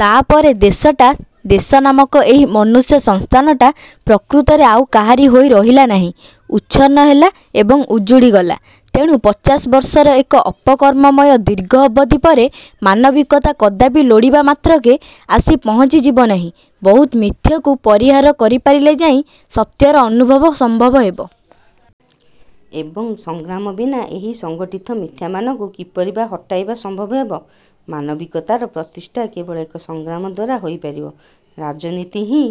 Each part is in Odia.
ତା'ପରେ ଦେଶଟା, ଦେଶନାମକ ଏହି ମନୁଷ୍ୟସଂସ୍ଥାନଟା ପ୍ରକୃତରେ ଆଉ କାହାରି ହୋଇ ରହିଲା ନାହିଁ। ଉଚ୍ଛନ୍ନ ହେଲା ଏବଂ ଉଜୁଡ଼ିଗଲା। ତେଣୁ, ପଚାଶ ବର୍ଷର ଏକ ଅପକର୍ମମୟ ଦୀର୍ଘ ଅବଧିପରେ ମାନବିକତା କଦାପି ଲୋଡ଼ିବା ମାତ୍ରକେ ଆସି ପହଂଚି ଯିବ ନାହିଁ। ବହୁତ ମିଥ୍ୟକୁ ପରିହାର କରିପାରିଲେ ଯାଇ ସତ୍ୟର ଅନୁଭବ ସମ୍ଭବ ହେବ। ଏବଂ, ସଂଗ୍ରାମ ବିନା ଏହି ସଂଗଠିତ ମିଥ୍ୟମାନଙ୍କୁ କିପରି ବା ହଟାଇବା ସମ୍ଭବ ହେବ? ମାନବିକତାର ପ୍ରତିଷ୍ଠା କେବଳ ଏକ ସଂଗ୍ରାମ ଦ୍ୱାରା ହୋଇପାରିବ। ରାଜନୀତି ହିଁ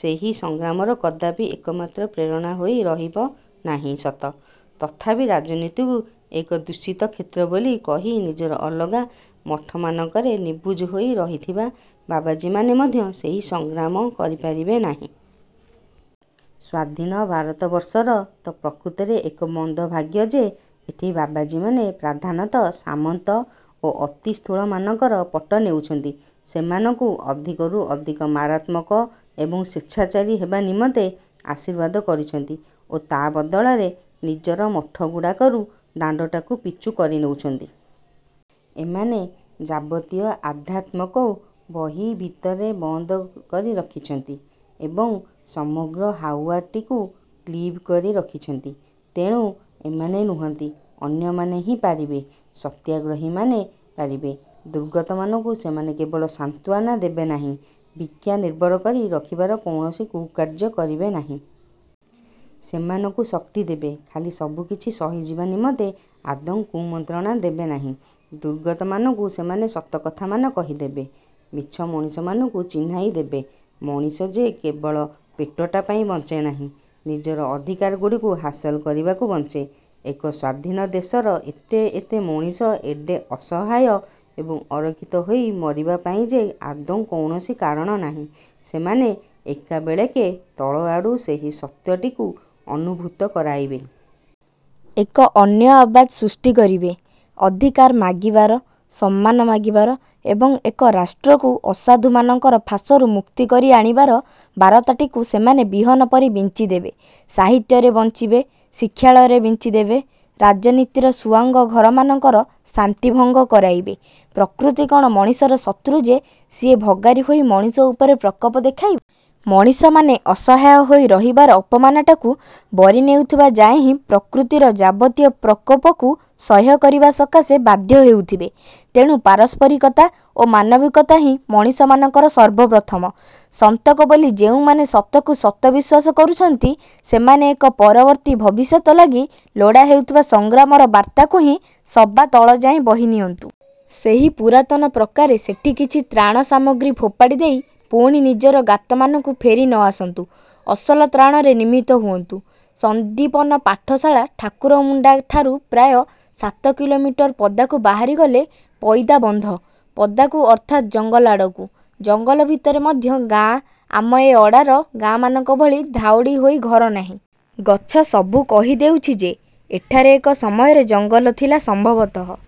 ସେହି ସଂଗ୍ରାମର କଦାପି ଏକମାତ୍ର ପ୍ରେରଣା ହୋଇ ରହିବନାହିଁ ସତ, ତଥାପି ରାଜନୀତିକୁ ଏକ ଦୂଷିତ କ୍ଷେତ୍ର ବୋଲି କହି ନିଜର ଅଲଗା ମଠମାନଙ୍କରେ ନିବୁଜ ହୋଇ ରହିଥିବା ବାବାଜୀମାନେ ମଧ୍ୟ ସେହି ସଂଗ୍ରାମ କରିପାରିବେ ନାହିଁ। ସ୍ୱାଧୀନ ଭାରତବର୍ଷର ତ ପ୍ରକୃତରେ ଏକ ବଡ଼ ମନ୍ଦଭାଗ୍ୟ ଯେ, ଏଠି ବାବାଜୀମାନେ ପ୍ରଧାନତଃ ସାମନ୍ତ ଓ ଅତିସ୍ଥୂଳମାନଙ୍କର ପଟ ନେଇଛନ୍ତି, ସେମାନଙ୍କୁ ଅଧିକରୁ ଅଧିକ ମାରାତ୍ମକ ଏବଂ ସ୍ୱେଚ୍ଛାଚାରୀ ହେବା ନିମନ୍ତେ ଆଶୀର୍ବାଦ କରିଛନ୍ତି ଓ ତା' ବଦଳରେ ନିଜର ମଠଗୁଡ଼ାକର ଦାଣ୍ଡଟାକୁ ପିଚୁ କରି ନେଇଛନ୍ତି। ଏମାନେ ଯାବତୀୟ ଅଧ୍ୟାତ୍ମକୁ ବହି ଭିତରେ ବନ୍ଦ କରି ରଖିଛନ୍ତି ଏବଂ ସମଗ୍ର ହାଉଆଟାକୁ କ୍ଲୀବ କରି ରଖିଛନ୍ତି। ତେଣୁ, ଏମାନେ ନୁହନ୍ତି, ଅନ୍ୟମାନେ ହିଁ ପାରିବେ। ସତ୍ୟାଗ୍ରହୀମାନେ ପାରିବେ। ଦୁର୍ଗତମାନଙ୍କୁ ସେମାନେ କେବଳ ସାନ୍ତ୍ୱନା ଦେବେନାହିଁ, ଭିକ୍ଷାନିର୍ଭର କରି ରଖିବାର କୌଣସି କୁକାର୍ଯ୍ୟ କରିବେ ନାହିଁ। ସେମାନଙ୍କୁ ଶକ୍ତି ଦେବେ। ଖାଲି ସବୁକିଛି ସହିଯିବା ନିମନ୍ତେ ଆଦୌ କୁମନ୍ତ୍ରଣା ଦେବେ ନାହିଁ। ଦୁର୍ଗତମାନଙ୍କୁ ସେମାନେ ସତକଥାମାନ କହିଦେବେ। ମିଛ ମଣିଷମାନଙ୍କୁ ଚିହ୍ନାଇଦେବେ। ମଣିଷ ଯେ କେବଳ ପେଟଟା ପାଇଁ ବଂଚେ ନାହିଁ, ନିଜର ଅଧିକାରଗୁଡ଼ିକୁ ହାସଲ କରିବାକୁ ବଂଚେ, ଏକ ସ୍ୱାଧୀନ ଦେଶର ଏତେ ଏତେ ମଣିଷ ଏଡ଼େ ଅସହାୟ ଏବଂ ଅରକ୍ଷିତ ହୋଇ ମରିବା ପାଇଁ ଯେ ଆଦୌ କୌଣସି କାରଣ ନାହିଁ, ସେମାନେ ଏକାବେଳେକେ ତଳଆଡୁ ସେହି ସତ୍ୟଟିକୁ ଅନୁଭୂତ କରାଇବେ। ଏକ ଅନ୍ୟ ଆବାଜ ସୃଷ୍ଟି କରିବେ। ଅଧିକାର ମାଗିବାର, ସମ୍ମାନ ମାଗିବାର ଏବଂ ଏକ ରାଷ୍ଟ୍ରକୁ ଅସାଧୁମାନଙ୍କର ଫାଶରୁ ମୁକ୍ତ କରି ଆଣିବାର ବାରତାଟିକୁ ସେମାନେ ବିହନ ପରି ବିଞ୍ଚିଦେବେ। ସାହିତ୍ୟରେ ବଂଚିବେ, ଶିକ୍ଷାଳୟରେ ବିଞ୍ଚିଦେବେ, ରାଜନୀତିର ସୁଆଙ୍ଗ-ଘରମାନଙ୍କର ଶାନ୍ତିଭଙ୍ଗ କରାଇବେ। ପ୍ରକୃତି କ'ଣ ମଣିଷର ଶତ୍ରୁ ଯେ ସିଏ ଭଗାରି ହୋଇ ମଣିଷ ଉପରେ ପ୍ରକୋପ ଦେଖାଇବ? ମଣିଷମାନେ ଅସହାୟ ହୋଇ ରହିବାର ଅପମାନଟାକୁ ବରି ନେଉଥିବା ଯାଏ ହିଁ ପ୍ରକୃତିର ଯାବତୀୟ ପ୍ରକୋପକୁ ସହ୍ୟ କରିବା ସକାଶେ ବାଧ୍ୟ ହେଉଥିବେ। ତେଣୁ, ପାରସ୍ପରିକତା ଓ ମାନବିକତା ହିଁ ମଣିଷମାନଙ୍କର ସର୍ବପ୍ରଥମ। ସନ୍ତକ ବୋଲି ଯେଉଁମାନେ ସତକୁ ସତ ବିଶ୍ୱାସ କରୁଛନ୍ତି, ସେମାନେ ଏକ ପରବର୍ତ୍ତୀ ଭବିଷ୍ୟତ ଲାଗି ଲୋଡ଼ା ହେଉଥିବା ସଂଗ୍ରାମର ବାର୍ତ୍ତାକୁ ହିଁ ସବା ତଳଯାଏ ବହିନିଅନ୍ତୁ। ସେହି ପୁରାତନ ପ୍ରକାରେ ସେଠି କିଛି ତ୍ରାଣ ସାମଗ୍ରୀ ଫୋପାଡ଼ି ଦେଇ ପୁଣି ନିଜର ଗାତମାନଙ୍କୁ ଫେରି ନଆସନ୍ତୁ। ଅସଲ ତ୍ରାଣରେ ନିମିତ୍ତ ହୁଅନ୍ତୁ। ସନ୍ଦୀପନ ପାଠଶାଳା ଠାକୁରମୁଣ୍ଡାଠାରୁ ପ୍ରାୟ ସାତ କିଲୋମିଟର ପଦାକୁ ବାହାରିଗଲେ ପଇଦାବନ୍ଧ। ପଦାକୁ ଅର୍ଥାତ୍ ଜଙ୍ଗଲ ଆଡ଼କୁ। ଜଙ୍ଗଲ ଭିତରେ ମଧ୍ୟ ଗାଆଁ, ଆମ ଏ ଆଡ଼ର ଗାଆଁମାନଙ୍କ ଭଳି ଧାଉଡ଼ି ହୋଇ ଘର ନାହିଁ। ଗଛ ସବୁ କହିଦେଉଛି ଯେ, ଏଠାରେ ଏକ ସମୟରେ ଜଙ୍ଗଲ ଥିଲା। ସମ୍ଭବତଃ